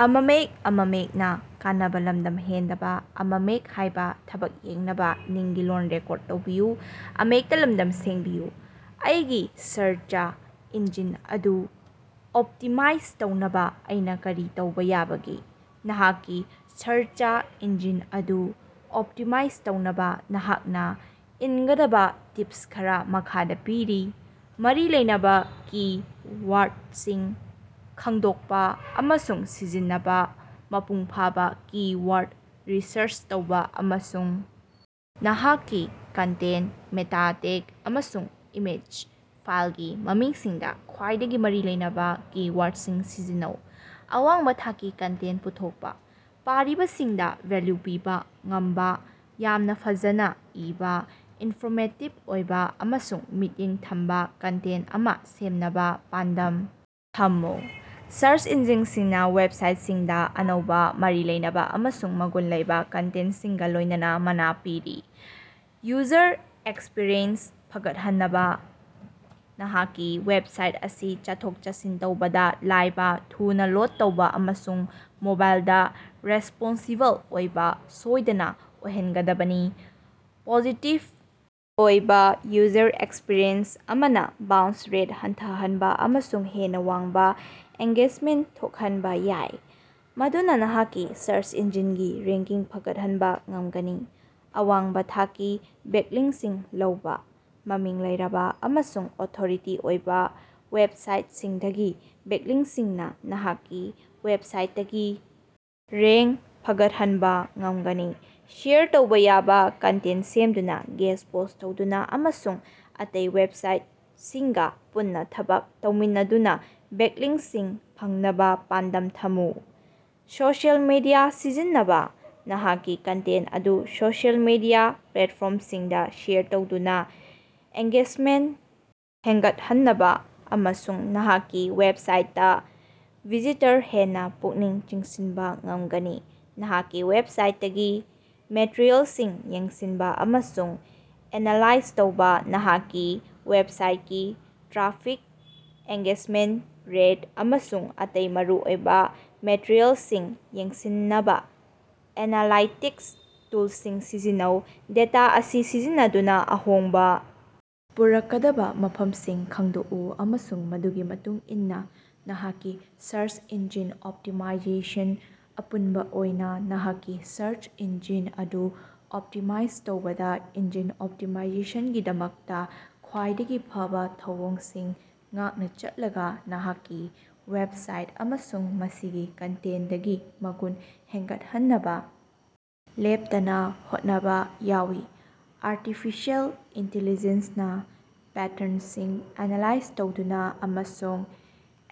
ꯑꯩꯒꯤ search engine ꯑꯗꯨ optimise ꯇꯧꯅꯕꯥ ꯑꯩꯅꯥ ꯀꯔꯤ ꯇꯧꯕꯥ ꯌꯥꯕꯒꯦ? ꯅꯍꯥꯛꯀꯤ ꯁꯔꯆ ꯏꯟꯖꯤꯟ ꯑꯗꯨ ꯑꯣꯞꯇꯤꯃꯥꯏꯖ ꯇꯧꯅꯕꯥ ꯅꯍꯥꯛꯅꯥ ꯏꯟꯒꯗꯕꯥ ꯇꯤꯞꯁ ꯈꯔꯥ ꯃꯈꯥꯗꯥ ꯄꯤꯔꯤ: ꯃꯔꯤ ꯂꯩꯅꯕꯥ ꯀꯤ-ꯋꯥꯔꯗꯁꯤꯡ ꯈꯪꯗꯣꯛꯄꯥ ꯑꯃꯁꯨꯡ ꯁꯤꯖꯤꯟꯅꯕꯥ: ꯃꯄꯨꯡꯐꯥꯕꯥ ꯀꯤ-ꯋꯥꯔꯗ ꯔꯤꯁꯔꯆ ꯇꯧꯕꯥ ꯑꯃꯁꯨꯡ ꯅꯍꯥꯛꯀꯤ ꯀꯟꯇꯦꯟꯇ, ꯃꯦꯇꯥ ꯇꯦꯒ, ꯑꯃꯁꯨꯡ ꯏꯃꯦꯖ ꯐꯥꯏꯜꯒꯤ ꯃꯃꯤꯡꯁꯤꯡꯗꯥ ꯈ꯭ꯋꯥꯏꯗꯒꯤ ꯃꯔꯤ ꯂꯩꯅꯕꯥ ꯀꯤ-ꯋꯥꯔꯗꯁꯤꯡ ꯁꯤꯖꯤꯟꯅꯧ꯫ ꯑꯋꯥꯡꯕꯥ ꯊꯥꯛꯀꯤ ꯀꯟꯇꯦꯟꯇ ꯄꯨꯊꯣꯛꯄꯥ: ꯄꯥꯔꯤꯕꯁꯤꯡꯗꯥ ꯚꯦꯜꯌꯨ ꯄꯤꯕꯥ ꯉꯝꯕꯥ ꯌꯥꯝꯅꯥ ꯐꯖꯅꯥ ꯏꯕꯥ, ꯏꯟꯐꯣꯔꯃꯦꯇꯤꯕ ꯑꯣꯏꯕꯥ ꯑꯃꯁꯨꯡ ꯃꯤꯠꯌꯦꯡ ꯊꯝꯕꯥ ꯀꯟꯇꯦꯟꯇ ꯑꯃꯥ ꯁꯦꯝꯅꯕꯥ ꯄꯥꯟꯗꯝ ꯊꯝꯃꯨ꯫ ꯁꯔꯆ ꯏꯟꯖꯤꯟꯁꯤꯡꯅꯥ ꯋꯦꯕꯁꯥꯏꯠꯁꯤꯡꯗꯥ ꯑꯅꯧꯕꯥ, ꯃꯔꯤ ꯂꯩꯅꯕꯥ ꯑꯃꯁꯨꯡ ꯃꯒꯨꯟ ꯂꯩꯕꯥ ꯀꯟꯇꯦꯟꯇꯁꯤꯡꯒꯥ ꯂꯣꯏꯅꯅꯥ ꯃꯅꯥ ꯄꯤꯔꯤ꯫ ꯌꯨꯖꯔ ꯑꯦꯛꯁꯄꯤꯔꯤꯑꯦꯟꯁ ꯐꯒꯠꯍꯟꯅꯕꯥ: ꯅꯍꯥꯛꯀꯤ ꯋꯦꯕꯁꯥꯏꯠ ꯑꯁꯤ ꯆꯠꯊꯣꯛ-ꯆꯠꯁꯤꯟ ꯇꯧꯕꯗꯥ ꯂꯥꯏꯕꯥ, ꯊꯨꯅꯥ ꯂꯣꯗ ꯇꯧꯕꯥ ꯑꯃꯁꯨꯡ ꯃꯣꯕꯥꯏꯜꯗꯥ ꯔꯦꯁꯄꯣꯟꯁꯤꯕꯜ ꯑꯣꯏꯕꯥ ꯁꯣꯏꯗꯅꯥ ꯑꯣꯏꯍꯟꯒꯗꯕꯅꯤ꯫ ꯄꯣꯖꯤꯇꯤꯚ ꯑꯣꯏꯕꯥ ꯌꯨꯖꯔ ꯑꯦꯛꯁꯄꯤꯔꯤꯑꯦꯟꯁ ꯑꯃꯅꯥ ꯕꯥꯎꯟꯁ ꯔꯦꯠ ꯍꯟꯊꯍꯟꯕꯥ ꯑꯃꯁꯨꯡ ꯍꯦꯟꯅꯥ ꯋꯥꯡꯕꯥ ꯑꯦꯡꯒꯦꯖꯃꯦꯟꯇ ꯊꯣꯛꯍꯟꯕꯥ ꯌꯥꯏ, ꯃꯗꯨꯅꯥ ꯅꯍꯥꯛꯀꯤ ꯁꯔꯆ ꯏꯟꯖꯤꯟꯒꯤ ꯔꯦꯡꯀꯤꯡ ꯐꯒꯠꯍꯟꯕꯥ ꯉꯝꯒꯅꯤ꯫ ꯑꯋꯥꯡꯕꯥ ꯊꯥꯛꯀꯤ ꯕꯦꯛꯂꯤꯡꯀꯁꯤꯡ ꯂꯧꯕꯥ: ꯃꯃꯤꯡ ꯂꯩꯔꯕꯥ ꯑꯃꯁꯨꯡ ꯑꯣꯊꯣꯔꯤꯇꯤ ꯑꯣꯏꯕꯥ ꯋꯦꯕꯁꯥꯏꯇꯁꯤꯡꯗꯒꯤ ꯕꯦꯛꯂꯤꯡꯀꯁꯤꯡꯅꯥ ꯅꯍꯥꯛꯀꯤ ꯋꯦꯕꯁꯥꯏꯇꯀꯤ ꯔꯦꯡ ꯐꯒꯠꯍꯟꯕꯥ ꯉꯝꯒꯅꯤ꯫ ꯁꯦꯌꯔ ꯇꯧꯕꯥ ꯌꯥꯕꯥ ꯀꯟꯇꯦꯟꯇ ꯁꯦꯝꯗꯨꯅꯥ, ꯒꯦꯁ ꯄꯣꯁ꯭ꯠ ꯇꯧꯗꯨꯅꯥ, ꯑꯃꯁꯨꯡ ꯑꯇꯩ ꯋꯦꯕꯁꯥꯏꯇꯁꯤꯡꯒꯥ ꯄꯨꯟꯅꯥ ꯊꯕꯛ ꯇꯧꯃꯤꯟꯅꯗꯨꯅꯥ ꯕꯦꯛꯂꯤꯡꯀꯁꯤꯡ ꯐꯪꯅꯕꯥ ꯄꯥꯟꯗꯝ ꯊꯝꯃꯨ꯫ ꯁꯣꯁꯤꯑꯦꯜ ꯃꯤꯗꯤꯌꯥ ꯁꯤꯖꯤꯟꯅꯕꯥ: ꯅꯍꯥꯛꯀꯤ ꯀꯟꯇꯦꯟꯇ ꯑꯗꯨ ꯁꯣꯁꯤꯑꯦꯜ ꯃꯤꯗꯤꯌꯥ ꯄ꯭ꯂꯦꯠꯐꯣꯔꯃꯁꯤꯡꯗꯥ ꯁꯦꯌꯔ ꯇꯧꯗꯨꯅꯥ ꯑꯦꯡꯒꯦꯖꯃꯦꯟꯇ ꯍꯦꯟꯒꯠꯍꯟꯅꯕꯥ ꯑꯃꯁꯨꯡ ꯅꯍꯥꯛꯀꯤ ꯋꯦꯕꯁꯥꯏꯇꯇꯥ ꯚꯤꯖꯤꯇꯔ ꯍꯦꯟꯅꯥ ꯄꯨꯛꯅꯤꯡ ꯆꯤꯡꯁꯤꯟꯕꯥ ꯉꯝꯒꯅꯤ꯫ ꯅꯍꯥꯛꯀꯤ ꯋꯦꯕꯁꯥꯏꯇꯀꯤ ꯃꯦꯇꯔꯤꯑꯦꯜꯁꯤꯡ ꯌꯦꯡꯁꯤꯟꯕꯥ ꯑꯃꯁꯨꯡ ꯑꯦꯅꯥꯂꯥꯏꯖ ꯇꯧꯕꯥ ꯅꯍꯥꯛꯀꯤ ꯋꯦꯕꯁꯥꯏꯇꯀꯤ ꯇ꯭ꯔꯥꯐꯤꯛ, ꯑꯦꯡꯒꯦꯖꯃꯦꯟꯇ ꯔꯦꯠ, ꯑꯃꯁꯨꯡ ꯑꯇꯩ ꯃꯔꯨꯑꯣꯏꯕꯥ ꯃꯦꯇꯔꯤꯑꯦꯜꯁꯤꯡ ꯌꯦꯡꯁꯤꯟꯅꯕꯥ ꯑꯦꯅꯥꯂꯥꯏꯇꯤꯛꯁ ꯇꯨꯜꯁꯤꯡ ꯁꯤꯖꯤꯟꯅꯧ꯫ ꯗꯦꯇꯥ ꯑꯁꯤ ꯁꯤꯖꯤꯟꯅꯗꯨꯅꯥ ꯑꯍꯣꯡꯕꯥ ꯄꯨꯔꯛꯀꯗꯕꯥ ꯃꯐꯝꯁꯤꯡ ꯈꯪꯗꯣꯛꯎ ꯑꯃꯁꯨꯡ ꯃꯗꯨꯒꯤ ꯃꯇꯨꯡ ꯏꯟꯅꯥ ꯅꯍꯥꯛꯀꯤ ꯁꯔꯁ ꯏꯟꯖꯤꯟ ꯑꯣꯞꯇꯤꯃꯥꯏꯖꯦꯁꯟ ꯑꯄꯨꯟꯕꯥ ꯑꯣꯏꯅꯥ, ꯅꯍꯥꯛꯀꯤ ꯁꯔꯆ ꯏꯟꯖꯤꯟ ꯑꯗꯨ ꯑꯣꯞꯇꯤꯃꯥꯏꯖ ꯇꯧꯕꯗꯥ ꯏꯟꯖꯤꯟ ꯑꯣꯞꯇꯤꯃꯥꯏꯖꯦꯁꯟꯒꯤꯗꯃꯛꯇꯥ ꯈ꯭ꯋꯥꯏꯗꯒꯤ ꯐꯕꯥ ꯊꯧꯑꯣꯡꯁꯤꯡ ꯉꯥꯛꯅꯥ ꯆꯠꯂꯒꯥ ꯅꯍꯥꯛꯀꯤ ꯋꯦꯕꯁꯥꯏꯠ ꯑꯃꯁꯨꯡ ꯃꯁꯤꯒꯤ ꯀꯟꯇꯦꯟꯇꯀꯤ ꯃꯒꯨꯟ ꯍꯦꯟꯒꯠꯍꯟꯅꯕꯥ ꯂꯦꯞꯇꯅꯥ ꯍꯣꯠꯅꯕꯥ ꯌꯥꯎꯏ꯫ ꯑꯥꯔꯇꯤꯐꯤꯁꯤꯑꯦꯜ ꯏꯟꯇꯤꯂꯤꯖꯦꯟꯁꯅꯥ ꯄꯦꯇ꯭ꯔꯟꯁꯤꯡ ꯑꯦꯅꯥꯂꯥꯏꯖ ꯇꯧꯗꯨꯅꯥ ꯑꯃꯁꯨꯡ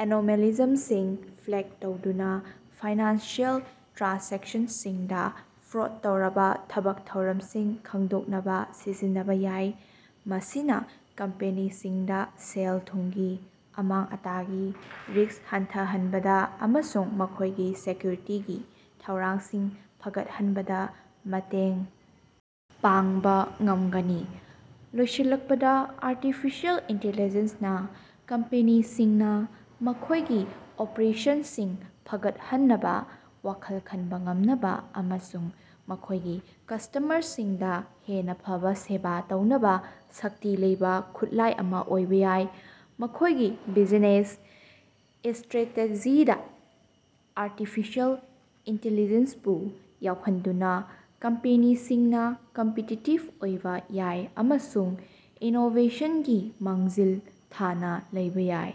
ꯑꯦꯅꯣꯃꯦꯂꯤꯖꯃꯁꯤꯡ ꯐ꯭ꯂꯦꯛ ꯇꯧꯗꯨꯅꯥ ꯐꯥꯏꯅꯥꯟꯁꯤꯑꯦꯜ ꯇ꯭ꯔꯥꯟꯖꯦꯛꯁꯟꯁꯤꯡꯗꯥ ꯐ꯭ꯔꯣꯗ ꯇꯧꯔꯕꯥ ꯊꯕꯛ ꯊꯧꯔꯝꯁꯤꯡ ꯈꯪꯗꯣꯛꯅꯕꯥ ꯁꯤꯖꯤꯟꯅꯕꯥ ꯌꯥꯏ꯫ ꯃꯁꯤꯅꯥ ꯀꯝꯄꯦꯅꯤꯁꯤꯡꯗꯥ ꯁꯦꯜ-ꯊꯨꯝꯒꯤ ꯑꯃꯥꯡ-ꯑꯇꯥꯒꯤ ꯔꯤꯀꯁ ꯍꯟꯊꯍꯟꯕꯗꯥ ꯑꯃꯁꯨꯡ ꯃꯈꯣꯏꯒꯤ ꯁꯦꯀ꯭ꯌꯨꯔꯤꯇꯤꯒꯤ ꯊꯧꯔꯥꯡꯁꯤꯡ ꯐꯒꯠꯍꯟꯕꯗꯥ ꯃꯇꯦꯡ ꯄꯥꯡꯕꯥ ꯉꯝꯒꯅꯤ꯫ ꯂꯣꯏꯁꯤꯜꯂꯛꯄꯗꯥ ꯑꯥꯔꯇꯤꯐꯤꯁꯤꯑꯦꯜ ꯏꯟꯇꯤꯂꯤꯖꯦꯟꯁꯅꯥ ꯀꯝꯄꯦꯅꯤꯁꯤꯡꯅꯥ ꯃꯈꯣꯏꯒꯤ ꯑꯣꯄꯥꯔꯦꯁꯟꯁꯤꯡ ꯐꯒꯠꯍꯟꯅꯕꯥ, ꯋꯥꯈꯜ ꯈꯟꯕꯥ ꯉꯝꯅꯕꯥ ꯑꯃꯁꯨꯡ ꯃꯈꯣꯏꯒꯤ ꯀꯁꯇꯝꯃꯔꯁꯤꯡꯗꯥ ꯍꯦꯟꯅꯥ ꯐꯕꯥ ꯁꯦꯕꯥ ꯇꯧꯅꯕꯥ ꯁꯛꯇꯤ ꯂꯩꯕꯥ ꯈꯨꯠꯂꯥꯏ ꯑꯃꯥ ꯑꯣꯏꯕꯥ ꯌꯥꯏ꯫ ꯃꯈꯣꯏꯒꯤ ꯕꯤꯖꯤꯅꯦꯁ ꯏꯁꯇ꯭ꯔꯦꯇꯦꯖꯤꯗꯥ ꯑꯥꯔꯇꯤꯐꯤꯁꯤꯑꯦꯜ ꯏꯟꯇꯤꯂꯤꯖꯦꯟꯁꯕꯨ ꯌꯥꯎꯍꯟꯗꯨꯅꯥ ꯀꯝꯄꯦꯅꯤꯁꯤꯡꯅꯥ ꯀꯝꯄꯤꯇꯤꯇꯤꯕ ꯑꯣꯏꯕꯥ ꯌꯥꯏ ꯑꯃꯁꯨꯡ ꯏꯅꯣꯕꯦꯁꯟꯒꯤ ꯃꯥꯡꯖꯤꯜ ꯊꯥꯅꯥ ꯂꯩꯕꯥ ꯌꯥꯏ꯫